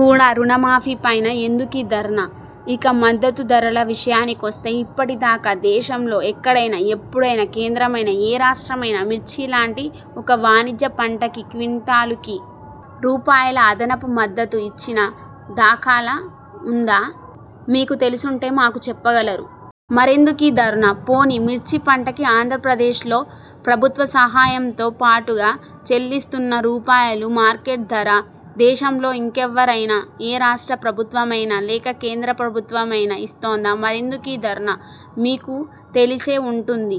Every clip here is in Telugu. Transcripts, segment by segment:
కూడా, రుణమాఫీ పైన, ఎందుకీ ధర్నా? ఇక మద్దతు ధరల విషయానికొస్తే, ఇప్పటి దాకా, దేశంలో ఎక్కడైనా, ఎప్పుడైనా, కేంద్రమైనా, ఏ రాష్ట్రమైనా, మిర్చి లాంటి ఒక వాణిజ్య పంటకి, క్వింటాలుకి, రూపాయల అదనపు మద్దతు ఇచ్చిన దాఖలా వుందా? మీకు తెలిసుంటే, మాకు చెప్పగలరు. మరెందుకీ ధర్నా? పోనీ మిర్చి పంటకి ఆంద్రప్రదేశ్లో ప్రభుత్వ సహాయంతో పాటుగా చెల్లిస్తున్న రూపాయలు మార్కెట్ ధర, దేశంలో ఇంకెవ్వరైనా, ఏ రాష్ట్ర ప్రభుత్వమైనా, లేక కేంద్ర ప్రభుత్వమైనా ఇస్తోందా? మరెందుకీ ధర్నా? మీకు తెలిసే వుంటుంది,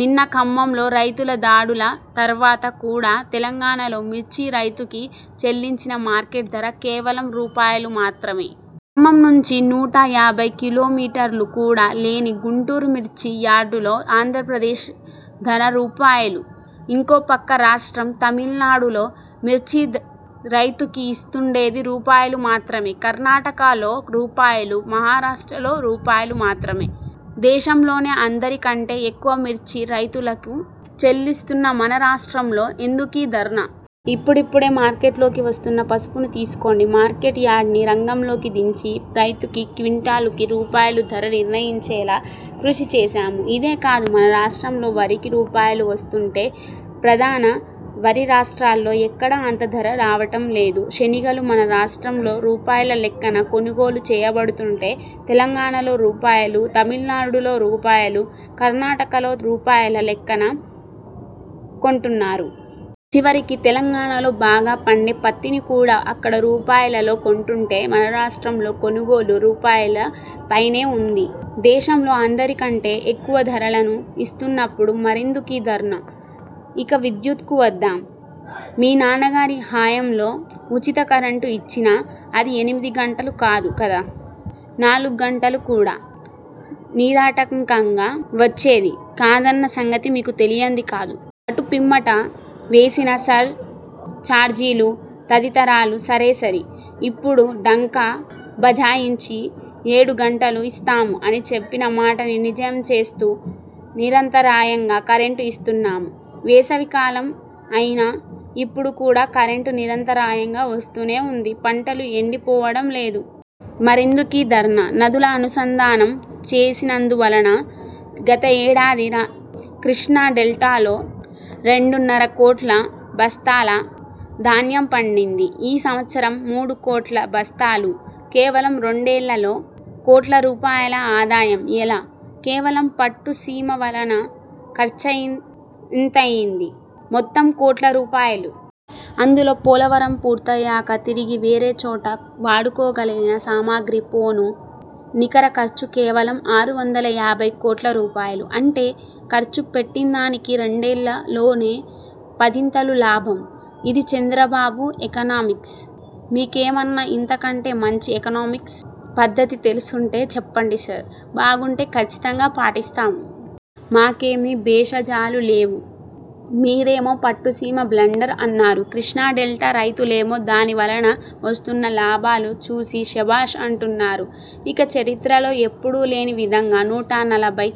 నిన్న ఖమ్మంలో రైతుల దాడుల తర్వాత కూడా, తెలంగాణలో మిర్చి రైతుకి చెల్లించిన మార్కెట్ ధర, కేవలం రూపాయలు మాత్రమే! ఖమ్మం నుంచి నూట యాభై కిలో మీటర్లు కూడా లేని గుంటూరు మిర్చి యార్డులో ఆంద్రప్రదేశ్ ధర రూపాయలు. ఇంకో పక్క రాష్ట్రం తమిళనాడులో మిర్చి రైతుకి ఇస్తుండేది రూపాయలు మాత్రమే. కర్ణాటకలో రూపాయలు, మహారాష్ట్రలో రూపాయలు మాత్రమే. దేశంలోనే అందరి కంటే ఎక్కువ మిర్చి రైతులకి చెల్లిస్తున్న మన రాష్ట్రంలో ఎందుకీ ధర్నా? ఇప్పుడిప్పుడే మార్కెట్లోకి వస్తున్న పసుపును తీసుకోండి. మార్కెట్ యార్డ్ని రంగంలోకి దించి, రైతుకి క్వింటాలుకి రూ. ధర నిర్ణయించేలా కృషి చేసాము. ఇదే కాదు, మన రాష్ట్రంలో వరికి రూపాయలు వస్తుంటే ప్రధాన వరి రాష్ట్రాల్లో ఎక్కడా అంత ధర రావటం లేదు. శెనగలు, మన రాష్ట్రంలో రూపాయల లెక్కన కొనుగోలు చేయబడుతుంటే, తెలంగాణలో రూపాయలు, తమిళనాడులో రూపాయలు, కర్ణాటకలో రూపాయల- లెక్కన కొంటున్నారు. చివరికి తెలంగాణలో బాగా పండే పత్తిని కూడా, అక్కడ రూపాయలలో కొంటుంటే, మన రాష్ట్రంలో కొనుగోలు, రూపాయల పైనే వుంది. దేశంలో అందరి కంటే, ఎక్కువ ధరలను ఇస్తున్నప్పుడు, మరెందుకీ ధర్నా? ఇక విద్యుత్కు వద్దాం. మీ నాన్నగారి హయాంలో ఉచిత కరెంటు ఇచ్చినా, అది ఎనిమిది గంటలు కాదు కదా, నాలుగు గంటలు కూడా, నిరాటంకంగా వచ్చేది కాదన్న సంగతి మీకు తెలియంది కాదు. అటు పిమ్మట, వేసిన సర్ చార్జీలు, తదితరాలు సరేసరి. ఇప్పుడు డంకా భజాయించి, ఏడు గంటలు ఇస్తాము అని చెప్పిన మాటని నిజం చేస్తూ, నిరంతరాయంగా కరెంటు ఇస్తున్నాము. వేసవి కాలం అయినా ఇప్పుడు కూడా కరెంటు నిరంతరాయంగా వస్తూనే వుంది. పంటలు ఎండిపోవటం లేదు. మరెందుకీ ధర్నా? నదుల అనుసంధానం చేసినందువలన గత ఏడాది కృష్ణా డెల్టాలో రెండున్నర కోట్ల బస్తాల ధాన్యం పండింది. ఈ సంవత్సరం మూడు కోట్ల బస్తాలు. కేవలం రెండేళ్లలో కోట్ల రూపాయల ఆదాయం. ఎలా? కేవలం పట్టు సీమ వలన ఖర్చెంతయ్యింది? మొత్తం కోట్ల రూపాయలు. అందులో పోలవరం పూర్తయ్యాక తిరిగి వేరే చోట వాడుకోగలిగిన సామాగ్రి పోను నికర ఖర్చు కేవలం ఆరు వందల యాభై కోట్ల రూపాయలు. అంటే ఖర్చు పెట్టిందానికి రెండేళ్ల లోనే పదింతలు లాభం. ఇది చంద్రబాబు ఎకనామిక్స్! మీకేమన్నా ఇంతకంటే మంచి ఎకనమిక్స్ పద్ధతి తెలిసుంటే చెప్పండి సర్, బాగుంటే, ఖచ్చితంగా పాటిస్తాము. మాకేమీ భేషజాలు లేవు. మీరేమో పట్టుసీమ బ్లండర్ అన్నారు. కృష్ణా డెల్టా రైతులేమో, దాని వలన వస్తున్న లాభాలు చూసి శబాష్ అంటున్నారు. ఇక చరిత్రలో ఎప్పుడూ లేని విధంగా నూట నలభై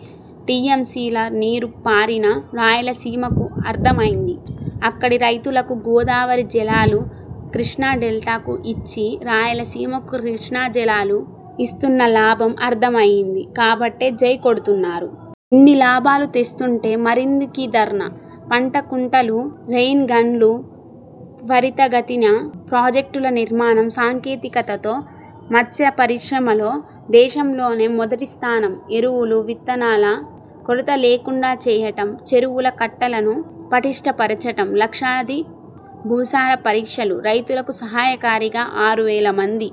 టీఎంసీల నీరు పారిన రాయలసీమకు అర్థమైంది. అక్కడి రైతులకు గోదావరి జలాలు కృష్ణా డెల్టాకు ఇచ్చి, రాయలసీమకు కృష్ణా జలాలు ఇస్తున్న లాభం అర్థం అయింది కాబట్టే, జై కొడుతున్నారు. ఇన్ని లాభాలు తెస్తుంటే, మరెందుకీ ధర్నా? పంట కుంటలు, రెయిన్ గన్లు, త్వరితగతిన ప్రాజెక్టుల నిర్మాణం, సాంకేతికతతో, మత్స్య పరిశ్రమలో దేశంలోనే మొదటి స్థానం, ఎరువులు, విత్తనాల కొరత లేకుండా చేయటం, చెరువుల కట్టలను, పటిష్ట పరచటం, లక్షలాది భూసార పరీక్షలు, రైతులకు సహాయకారిగా, ఆరు వేలమంది